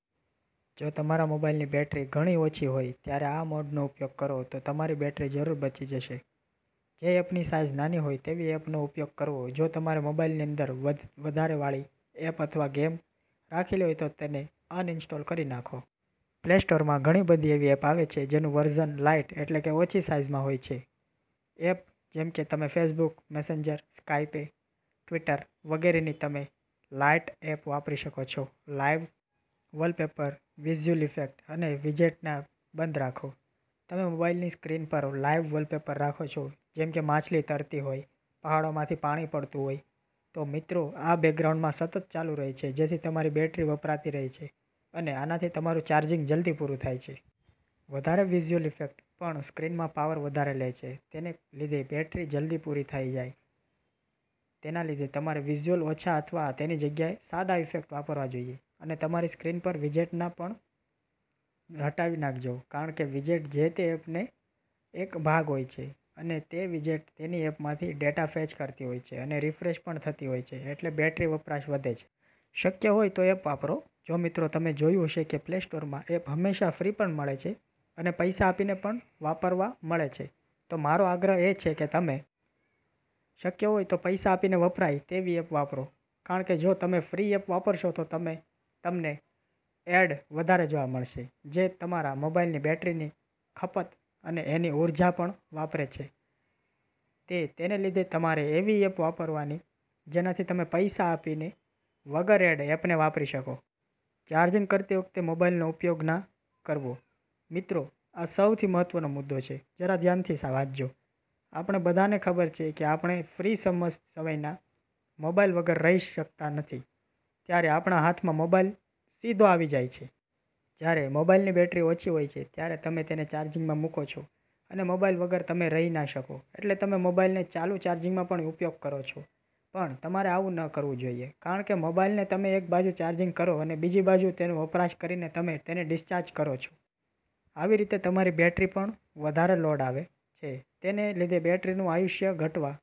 જો તમારા મોબાઈલની બેટરી ઘણી ઓછી હોય ત્યારે આ મોડનો ઉપયોગ કરો તો તમારી બેટરી જરૂર બચી જશે. જે એપની સાઈઝ નાની હોય તેવી એપનો ઉપયોગ કરવો જો તમારે મોબાઈલની અંદર વધારે વાળી એપ અથવા ગેમ રાખેલી હોય તો તેને અન ઇન્સ્ટોલ કરી નાખો. પ્લે સ્ટોરમાં ઘણી બધી એવી એપ આવે છે જેનું વર્ઝન લાઈટ એટલે કે ઓછી સાઈઝમાં હોય છે. એપ જેમ કે તમે ફેસબુક, મેસેન્જર, સ્કાયપે, ટ્વિટર વગેરેની તમે લાઈટ એપ વાપરી શકો છો. લાઈવ વોલપેપર, વિઝયુઅલ ઇફેક્ટ અને વિજેટને બંધ રાખો તમે મોબાઈલની સ્ક્રીન પર લાઈવ વોલપેપર રાખો છો જેમ કે માછલી તરતી હોય, પહાડોમાંથી પાણી પડતું હોય, તો મિત્રો આ બેકગ્રાઉન્ડમાં સતત ચાલુ રહે છે જેથી તમારી બેટરી વપરાતી રહે છે અને આનાથી તમારું ચાર્જિંગ જલ્દી પૂરું થાય છે. વધારે વિઝયુઅલ ઇફેક્ટ પણ સ્ક્રીનમાં પાવર વધારે લે છે તેને લીધે બેટરી જલ્દી પૂરી થાય તેના લીધે તમારે વિઝયુઅલ ઓછા અથવા તેની જગ્યાએ સાદા ઇફેક્ટ વાપરવા જોઈએ અને તમારી સ્ક્રીન પર વિજેટને પણ હટાવી નાખજો કારણ કે વિજેટ જે-તે એપનો એક ભાગ હોય છે અને તે વિજેટ તેની એપમાથી ડેટા ફેચ કરતી હોય છે અને રિફ્રેશ પણ થતી હોય છે એટલે બેટરી વપરાશ વધે છે. શક્ય હોય તો એપ વાપરો. જો મિત્રો તમે જોયું હશે કે પ્લે સ્ટોરમાં એપ હંમેશા ફ્રી પણ મળે છે અને પૈસા આપીને પણ વાપરવા મળે છે તો મારો આગ્રહ એ છે કે તમે શક્ય હોય તો પૈસા આપીને વપરાય તેવી એપ વાપરો કારણ કે જો તમે ફ્રી એપ વાપરશો તો તેમાં તમને એડ વધારે જોવા મળશે જે તમારા મોબાઈલની બેટરીની ખપત અને એની ઉર્જા પણ વાપરે છે તે તેને લીધે તમારે એવી એપ વાપરવાની જેનાથી તમે પૈસા આપીને વગર એડ એપને વાપરી શકો. ચાર્જિંગ કરતી વખતે મોબાઈલ નો ઉપયોગના કરવો મિત્રો આ સૌથી મહત્વનો મુદો છે. જરા ધ્યાનથી વાંચજો. આપણે બધાને ખબર છે કે આપણે ફ્રી સમયમાં મોબાઈલ વગર રહી નથી શકતા ત્યારે આપણા હાથમાં મોબાઈલ સીધો આવી જાય છે. જ્યારે મોબાઇલની બેટરી ઓછી હોય છે ત્યારે તમે તેને ચાર્જિંગમાં મૂકો છો અને મોબાઇલ વગર તમે રહી ના શકો એટલે તમે મોબાઇલને ચાલુ ચાર્જિંગમાં પણ ઉપયોગ કરો છો પણ તમારે આવું ન કરવું જોઈએ કારણ કે મોબાઇલને તમે એક બાજુ ચાર્જિંગ કરો અને બીજી બાજુ તેનો વપરાશ કરીને તમે તેને ડિસ્ચાર્જ કરો છો. આવી રીતે તમારી બેટરી પર વધારે લોડ આવે છે તેને લીધે બેટરીનું આયુષ્ય ઘટવા